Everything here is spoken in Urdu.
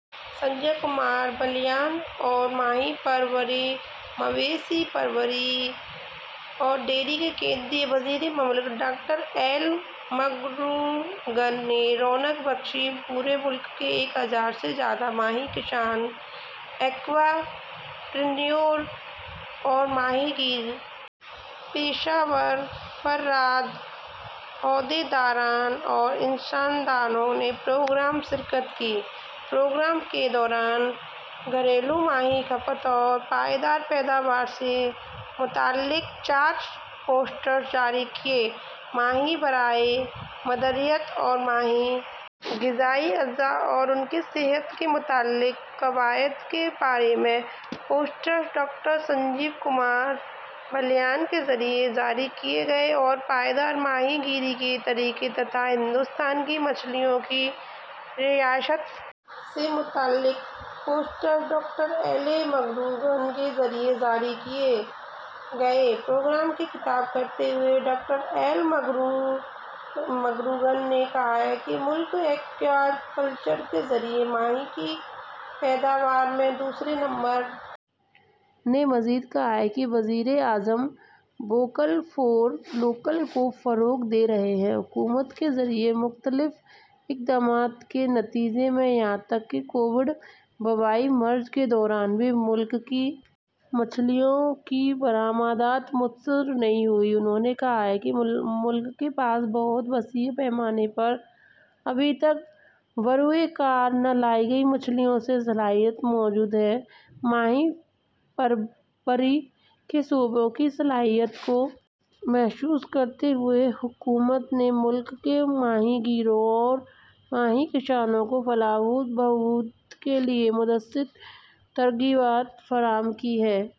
سنجیو کمار بالیان اور ماہی پروری مویشی پروری اور ڈیری کے مرکزی وزیر مملکت ڈاکٹر ایل مروگن نے رونق بخشی پورے ملک سے ایک ہزار سے زیادہ ماہی کسان ایکوا پرینیور ماہی گیر پیشہ ور افراد عہدے داران اور انساندانو نے پروگرام میں شرکت کی پروگرام کے دوران گھریلو ماہی کھپت اور پائیدار پیداوار سے متعلق چار پوسٹرز جاری کیے گئے ماہی برائے مادریت اور ماہی غذائی اجزا اور ان کی صحت کے فوائد کے بارے میں پوسٹرز ڈاکٹر سنجیو کمار بالیان کے ذریعہ جاری کیے گئے اور پائیدار ماہی گیری کے طریقے اور ہندوستان کی مچھلیوں کی ریاست سے متعلق پوسٹرز ڈاکٹر ایل مروگن کے ذریعہ جاری کیے گئے پروگرام سے خطاب کرتے ہوئے ڈاکٹر ایل مروگن نے کہا کہ ملک ایکوا کلچر کے ذریعہ ماہی کی پیداوار میں دوسرے نمبر نے مزید کہا کہ وزیر اعظم ووکل فار لوکل کو فروغ دے رہے ہیں حکومت کے ذریعہ مختلف اقدامات کے نتیجے میں یہاں تک کہ کووڈ وبائی مرض کے دوران بھی ملک کی مچھلیوں کی برآمدات متاثر نہیں ہوئی انہوں نے کہا کہ ملک کے پاس بڑی وسیع بروئے کار نہ لائی جانے والی مچھلیوں کی صلاحیت موجود ہے ماہی پروری کے شعبے کی صلاحیت کو محسوس کرتے ہوئے حکومت نے ملک میں ماہی گیروں اور ماہی کسانوں کی فلاح و بہبود کے لیے متعدد ترغیبات فراہم کی ہیں